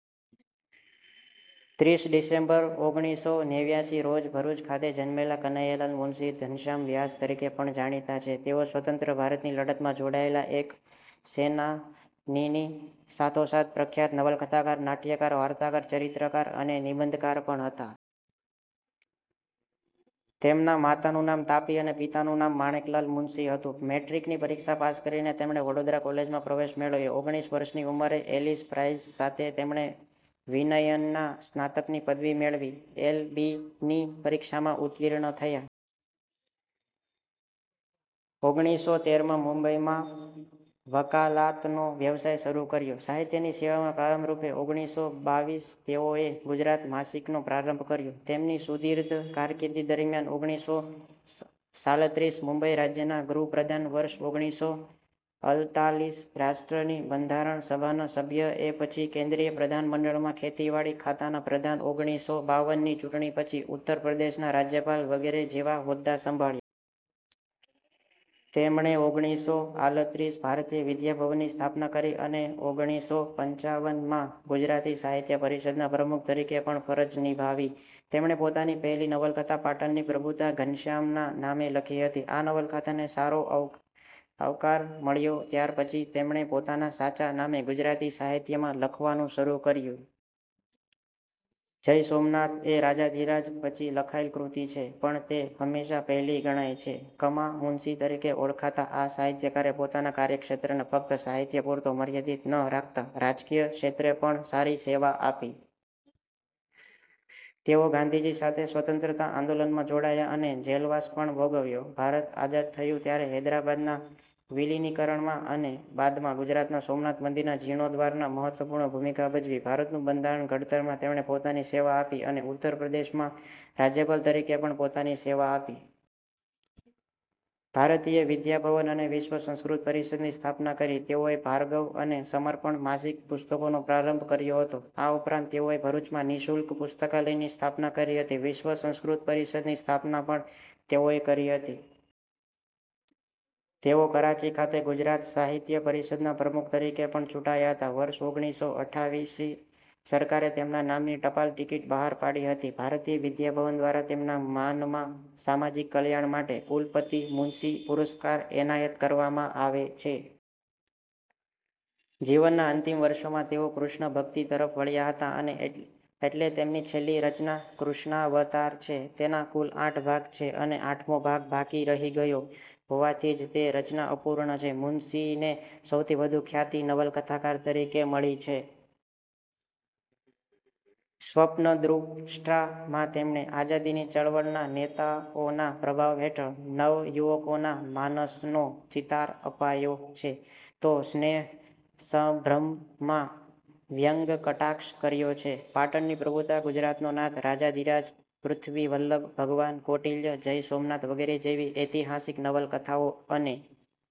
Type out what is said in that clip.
ત્રીસ ડિસેમ્બર, ઓગણીસો નેવ્નાયાસી રોજ ભરૂચ ખાતે જન્મેલા કનૈયાલાલ મુનશી 'ઘનશ્યામ વ્યાસ' તરીકે પણ જાણીતા છે. તેઓ સ્વતંત્ર ભારતની લડતમાં જોડાયેલા એક સૈનાનીની સાથોસાથ પ્રખ્યાત નવલકથાકાર, નાટ્યકાર, વાર્તાકાર, ચરિત્રકાર અને નિબંધકાર પણ હતા. તેમના માતાનું નામ તાપી અને પિતાનું નામ માણેકલાલ મુનશી હતું. મૅટ્રિકની પરીક્ષા પાસ કરીને તેમણે વડોદરા કૉલેજમાં પ્રવેશ મેળવ્યો. ઓગણીસ વર્ષની ઉંમરે 'એલિસ પ્રાઈઝ' સાથે તેમણે વિનયનના સ્નાતકની પદવી મેળવી. એલ. બી. ની પરીક્ષામાં ઉત્તિર્ણ થયા. ઓગણીસો તેર માં મુંબઈમાં વકાલાતનો વ્યવસાય શરૂ કર્યો. સાહિત્યની સેવાના પ્રારંભ રૂપે ઓગણીસો બાવ્વીસ તેઓએ 'ગુજરાત' માસિકનો પ્રારંભ કર્યો. તેમની સુદીર્ઘ કારકિર્દી દરમિયાન ઓગણીસો સાલત્રીસ મુંબઈ રાજ્યના ગૃહપ્રધાન, વર્ષ ઓગણીસો અલતાલીસ રાષ્ટ્રની બંધારણ સભાના સભ્ય, એ પછી કેન્દ્રીય પ્રધાનમંડળમાં ખેતીવાડી ખાતાના પ્રધાન, ઓગણીસો બાવન ની ચૂંટણી પછી ઉત્તરપ્રદેશના રાજ્યપાલ વગેરે જેવા હોદ્દા સંભાળ્યા. તેમણે ઓગણીસો આલત્રીસ ભારતીય વિદ્યા ભવનની સ્થાપના કરી અને, ઓગણીસો પંચાવન માં ગુજરાતી સાહિત્ય પરિષદના પ્રમુખ તરીકે પણ ફરજ નિભાવી. તેમણે પોતાની પહેલી નવલકથા 'પાટણની પ્રભુતા' ઘનશ્યામના નામે લખી હતી. આ નવલકથાને સારો અવ આવકાર મળ્યો ત્યાર પછી તેમણે પોતાના સાચા નામે ગુજરાતી સાહિત્યમાં લખવાનુ શરૂ કર્યું. 'જય સોમનાથ' એ 'રાજાધિરાજ' પછી લખાયેલ કૃતિ છે, પણ તે હંમેશા પહેલી ગણાય છે. ક. મા. મુનશી તરીકે ઓળખાતા આ સાહિત્યકારે પોતાના કાર્યક્ષેત્રને ફક્ત સાહિત્ય પૂરતો મર્યાદિત ન રાખતાં રાજકીય ક્ષેત્રે પણ સારી સેવા આપી. તેઓ ગાંધીજી સાથે સ્વતંત્રતા આંદોલનમાં જોડાયા અને જેલવાસ પણ ભોગવ્યો. ભારત આઝાદ થયું ત્યારે હૈદ્રાબાદના વિલિનીકરણમાં અને બાદમાં ગુજરાતના સોમનાથ મંદિરના જિર્ણોદ્ધારમાં મહત્વપૂર્ણ ભૂમિકા ભજવી. ભારતનું બંધારણ ઘડતરમાં તેમણે પોતાની સેવા આપી અને ઉત્તરપ્રદેશમાં રાજ્યપાલ તરીકે પણ પોતાની સેવા આપી. ભારતીય વિદ્યાભવન અને વિશ્વ સંસ્કૃત પરિષદની સ્થાપના કરી. તેઓએ ભાર્ગવ અને સમર્પણ માસિક પુસ્તકોનો પ્રારંભ કર્યો હતો. આ ઉપરાંત તેઓએ ભરૂચમાં નિ:શુલ્ક પુસ્તકાલયની સ્થાપના કરી હતી. વિશ્વ સંસ્કૃત પરિષદની સ્થાપના પણ તેઓએ કરી હતી. તેઓ કરાંચી ખાતે ગુજરાત સાહિત્ય પરિષદના પ્રમુખ તરીકે પણ ચૂંટાયા હતા. વર્ષ ઓગણીસો અઠાવીસી સરકારે તેમના નામની ટપાલ ટિકીટ બહાર પાડી હતી. ભારતીય વિદ્યાભવન દ્વારા તેમના માનમાં સામાજિક કલ્યાણ માટે 'કુલપતિ મુનશી પુરસ્કાર' એનાયત કરવામાં આવે છે. જીવનના અંતિમ વર્ષોમાં તેઓ કૃષ્ણભક્તિ તરફ વળ્યા હતા અને એટલે તેમની છેલ્લી રચના 'કૃષ્ણાવતાર' છે, તેના કુલ આઠ ભાગ છે અને આઠમો ભાગ બાકી રહી ગયો હોવાથી જ તે રચના અપૂર્ણ છે. મુનશીને સૌથી વધુ ખ્યાતિ નવલકથાકાર તરીકે મળી છે. 'સ્વપ્નદૃષ્ટા'માં તેમણે આઝાદીની ચળવળના નેતાઓના પ્રભાવ હેઠળ નવયુવકોના માનસનો ચિતાર અપાયો છે તો 'સ્નેહસંભ્રમ'માં વ્યંગકટાક્ષ કર્યો છે. 'પાટણની પ્રભુતા', 'ગુજરાતનો નાથ', 'રાજાધિરાજ', 'પૃથિવીવલ્લભ', 'ભગવાન કૌટિલ્ય', 'જય સોમનાથ', વગેરે જેવી ઐતિહાસિક નવલકથાઓ અને